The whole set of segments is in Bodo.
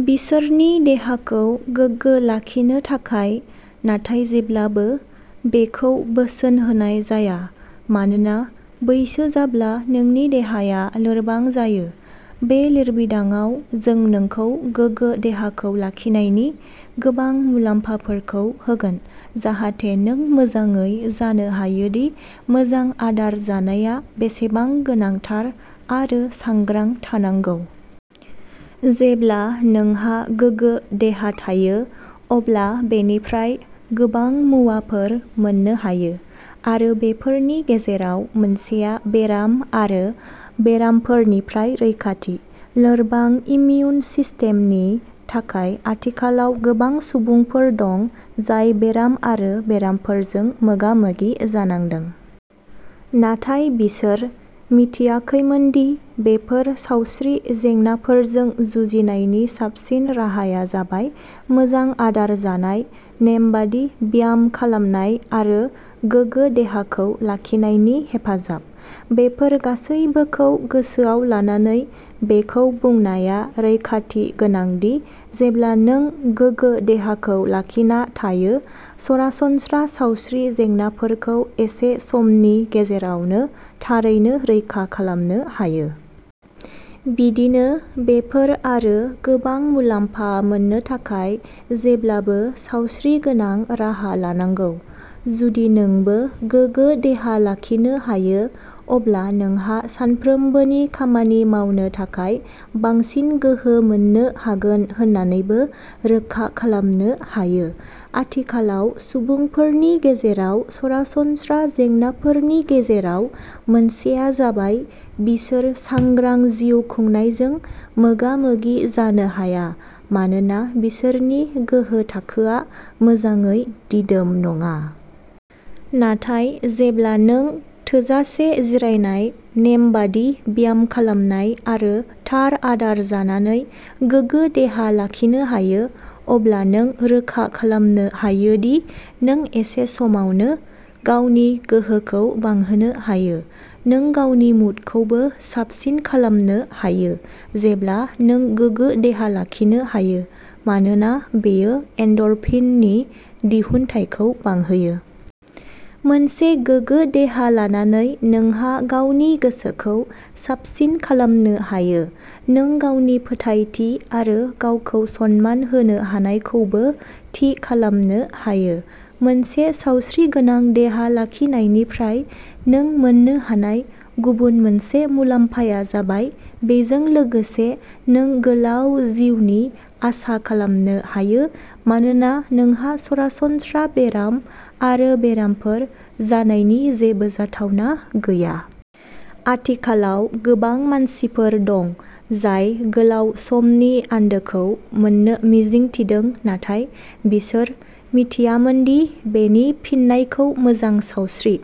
बिसोरनि देहाखौ गोगो लाखिनो थाखाय। नाथाय जेब्लाबो बेखौ बोसोन होनाय जाया मानोना बैसो जाब्ला नोंनि देहाया लोरबां जायो। बे लिरबिदांआव जों नोंखौ गोगो देहाखौ लाखिनायनि गोबां मुलाम्फाफोरखौ होगोन जाहाथे नों मोजाङै जानो हायोदि मोजां आदार जानाया बेसेबां गोनांथार आरो सांग्रां थानांगौ। जेब्ला नोंहा गोगो देहा थायो अब्ला बेनिफ्राय गोबां मुवाफोर मोननो हायो आरो बेफोरनि गेजेराव मोनसेआ बेराम आरो बेरामफोरनिफ्राय रैखाथि। लोरबां इमिउन सिस्टेमनि थाखाय आथिखालाव गोबां सुबुंफोर दं जाय बेराम आरो बेरामफोरजों मोगा-मोगि जानांदों। नाथाय बिसोर मिथियाखैमोनदि बेफोर सावस्रि जेंनाफोरजों जुजिनायनि साबसिन राहाया जाबाय मोजां आदार जानाय नेमबादि ब्याम खालामनाय आरो गोगो देहाखौ लाखिनायनि हेफाजाब। बेफोर गासैबोखौ गोसोआव लानानै बेखौ बुंनाया रैखाथि गोनांदि जेब्ला नों गोगो देहाखौ लाखिना थायो सरासनस्रा सावस्रि जेंनाफोरखौ एसे समनि गेजेरावनो थारैनो रैखा खालामनो हायो। बिदिनो बेफोर आरो गोबां मुलाम्फा मोननो थाखाय जेब्लाबो सावस्रि गोनां राहा लानांगौ। जुदि नोंबो गोगो देहा लाखिनो हायो अब्ला नोंहा सानफ्रोमबोनि खामानि मावनो थाखाय बांसिन गोहो मोन्नो हागोन होननानैबो रोखा खालामनो हायो। आथिखालाव सुबुंफोरनि गेजेराव सरासनस्रा जेंनाफोरनि गेजेराव मोनसेआ जाबाय बिसोर सांग्रां जिउ खुंनायजों मोगा-मोगि जानो हाया मानोना बिसोरनि गोहो थाखोआ मोजाङै दिदोम नङा। नाथाय जेब्ला नों थोजासे जिरायनाय नेमबादि ब्याम खालामनाय आरो थार आदार जानानै गोगो देहा लाखिनो हायो अब्ला नों रोखा खालामनो हायोदि नों एसे समावनो गावनि गोहोखौ बांहोनो हायो। नों गावनि मुडखौबो साबसिन खालामनो हायो जेब्ला नों गोगो देहा लाखिनो हायो मानोना बेयो एन्ड'रफिननि दिहुनथायखौ बांहोयो। मोनसे गोगो देहा लानानै नोंहा गावनि गोसोखौ साबसिन खालामनो हायो। नों गावनि फोथायथि आरो गावखौ सनमान होनो हानायखौबो थि खालामनो हायो। मोनसे सावस्रिगोनां देहा लाखिनायनिफ्राय नों मोननो हानाय गुबुन मोनसे मुलाम्फाया जाबाय बेजों लोगोसे नों गोलाव जिउनि आसा खालामनो हायो मानोना नोंहा सरासनस्रा बेराम आरो बेरामफोर जानायनि जेबो जाथावना गैया। आथिखालाव गोबां मानसिफोर दं जाय गोलाव समनि आन्दोखौ मोन्नो मिजिं थिदों नाथाय बिसोर मिथियामोनदि बेनि फिननायखौ मोजां सावस्रि।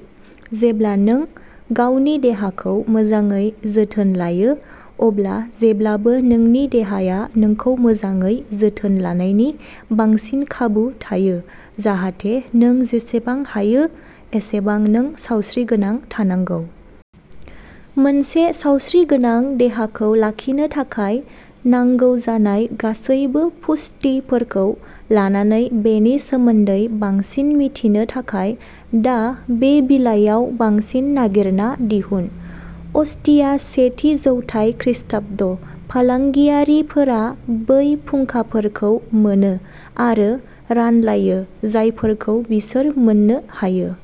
जेब्ला नों गावनि देहाखौ मोजाङै जोथोन लायो अब्ला जेब्लाबो नोंनि देहाया नोंखौ मोजाङै जोथोन लानायनि बांसिन खाबु थायो जाहाथे नों जेसेबां हायो एसेबां नों सावस्रिगोनां थानांगौ। मोनसे सावस्रिगोनां देहाखौ लाखिनो थाखाय नांगौ जानाय गासैबो पुष्टिफोरखौ लानानै बेनि सोमोन्दै बांसिन मिथिनो थाखाय दा बे बिलाइयाव बांसिन नागिरना दिहुन। अस्टिया सेथि जौथाय खृष्टाब्द फालांगियारिफोरा बै फुंखाफोरखौ मोनो आरो रानलायो जायफोरखौ बिसोर मोननो हायो।